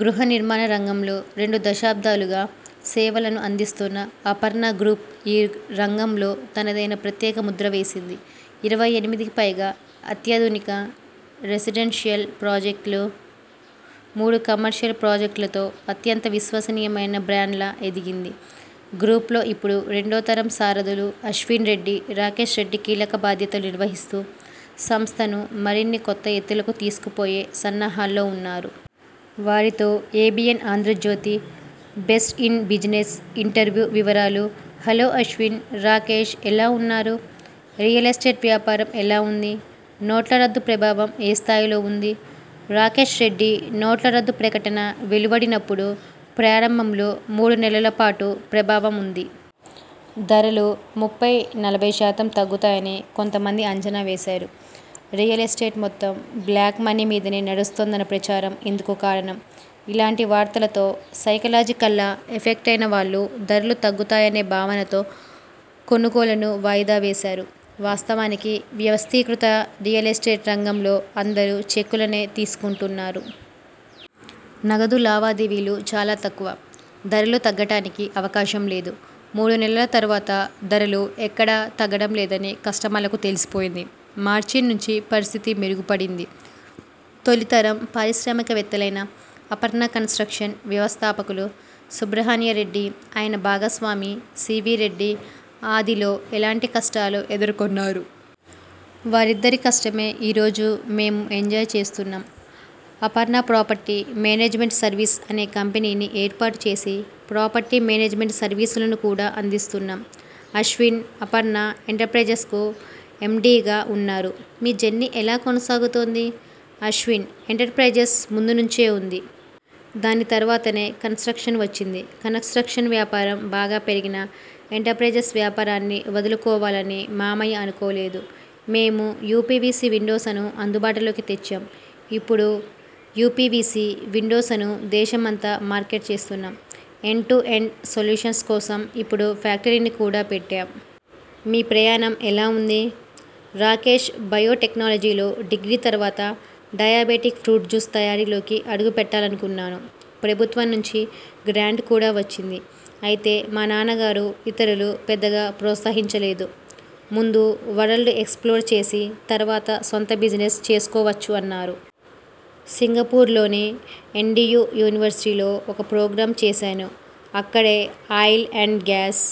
గృహ నిర్మాణ రంగంలో రెండు దశాబ్దాలుగా సేవలను అందిస్తున్న అపర్ణ గ్రూప్ ఈ రంగంలో తనదైన ప్రత్యేక ముద్ర వేసింది. ఇరవై ఎనిమిది పైగా అత్యాధునిక రెసిడెన్షియల్ప్రాజెక్టులు, మూడు కమర్షియల్ ప్రాజెక్టులతో అత్యంత విశ్వసనీయమైన బ్రాండ్గా ఎదిగింది. గ్రూప్లో ఇప్పుడు రెండో తరం సారథులు అశ్విన్ రెడ్డి, రాకేష్ రెడ్డి కీలక బాధ్యతలు నిర్వహిస్తూ, సంస్థను మరిన్ని కొత్త ఎత్తులకు తీసుకుపోయే సన్నాహాల్లో ఉన్నారు. వారితో ABN Andhrajyothy ''best in business '' interview వివరాలు హలో అశ్విన్, రాకేష్ ఎలా ఉన్నారు? రియల్ ఎస్టేట్ వ్యాపారం ఎలా ఉంది? నోట్ల రద్దు ప్రభావం ఏ స్థాయిలో ఉంది? రాకేష్ రెడ్డి నోట్ల రద్దు ప్రకటన వెలువడినప్పుడు ప్రారంభంలో మూడు నెలల పాటు ప్రభావం ఉంది. ధరలు ముప్పై, నలభై శాతం తగ్గుతాయని కొంత మంది అంచనావేశారు. రియల్ ఎస్టేట్ మొత్తం బ్లాక్ మనీ మీదనే నడుస్తోందన్న ప్రచారం ఇందుకు కారణం. ఇలాంటి వార్తలతో సైకలాజికల్గా ఎఫెక్ట్ అయిన వాళ్లు ధరలు తగ్గుతాయన భావనతో కొనుగోళ్లను వాయిదా వేశారు. వాస్తవానికి వ్యవస్థీకృత రియల్ ఎస్టేట్ రంగంలో అందరూ చెక్కులనే తీసుకుంటున్నారు. నగదు లావాదేవీలు చాలా తక్కువ. ధరలు తగ్గడానికి అవకాశం లేదు. మూడు నెలల తర్వాత ధరలు ఎక్కడా తగ్గడం లేదని కస్టమర్లకు తెలిసిపోయింది. మార్చి నుంచి పరిస్థితి మెరుగుపడింది. తొలితరం పారిశ్రామికవేత్తలైన అపర్ణ కన్స్ట్రక్షన్ వ్యవస్థాపకులు సుబ్రహ్మణ్య రెడ్డి, ఆయన భాగస్వామి సివి రెడ్డి ఆదిలో ఎలాంటి కష్టాలు ఎదుర్కొన్నారు? వారిద్దరి కష్టమే ఈ రోజు మేము ఎంజాయ్ చేస్తున్నాం. అపర్ణ ప్రాపర్టీ మేనేజ్మెంట్ సర్వీస్ అనే కంపెనీని ఏర్పాటు చేసి ప్రాపర్టీ మేనేజ్మెంట్ సర్వీసులను కూడా అందిస్తున్నాం. అశ్విన్ అపర్ణ ఎంటర్ప్రైజె్సకు ఎండిగా ఉన్నారు. మీ జర్నీ ఎలా కొనసాగుతోంది. అశ్విన్ ఎంటర్ప్రైజెస్ ముందు నుంచే ఉంది. దాని తర్వాతనే కన్స్ట్రక్షన్ వచ్చింది. కన్స్ట్రక్షన్ వ్యాపారం బాగా పెరిగినా ఎంటర్ప్రైజెస్ వ్యాపారాన్ని వదులుకోవాలని మామయ్య అనుకోలేదు. మేము యుపివిసి విండో్సను అందుబాటులోకి తెచ్చాం. ఇప్పుడు యుపివిసి విండో్సను దేశమంతా మార్కెట్ చేస్తున్నాం. ఎండ్ టు ఎండ్ సొల్యూషన్స్ కోసం ఇప్పుడు ఫ్యాక్టరీని కూడా పెట్టాం. మీ ప్రయాణం ఎలా ఉంది? రాకేష్ బయోటెక్నాలజీలో డిగ్రీ తర్వాత డయాబెటిక్ ఫ్రూట్ జ్యూస్ తయారీలోకి అడుగుపెట్టాలనుకున్నాను. ప్రభుత్వం నుంచి గ్రాంట్ కూడా వచ్చింది. అయితే మా నాన్నగారు ఇతరులు పెద్దగా ప్రోత్సహించలేదు. ముందు వరల్డ్ ఎక్స్ప్లోర్ చేసి తర్వాత సొంత బిజినెస్ చేసుకోవచ్చు అన్నారు. సింగపూర్లోని ఎన్టియు యూనివర్సిటీలో ఒక ప్రోగ్రామ్ చేశాను. అక్కడే ఆయిల్ అండ్ గ్యాస్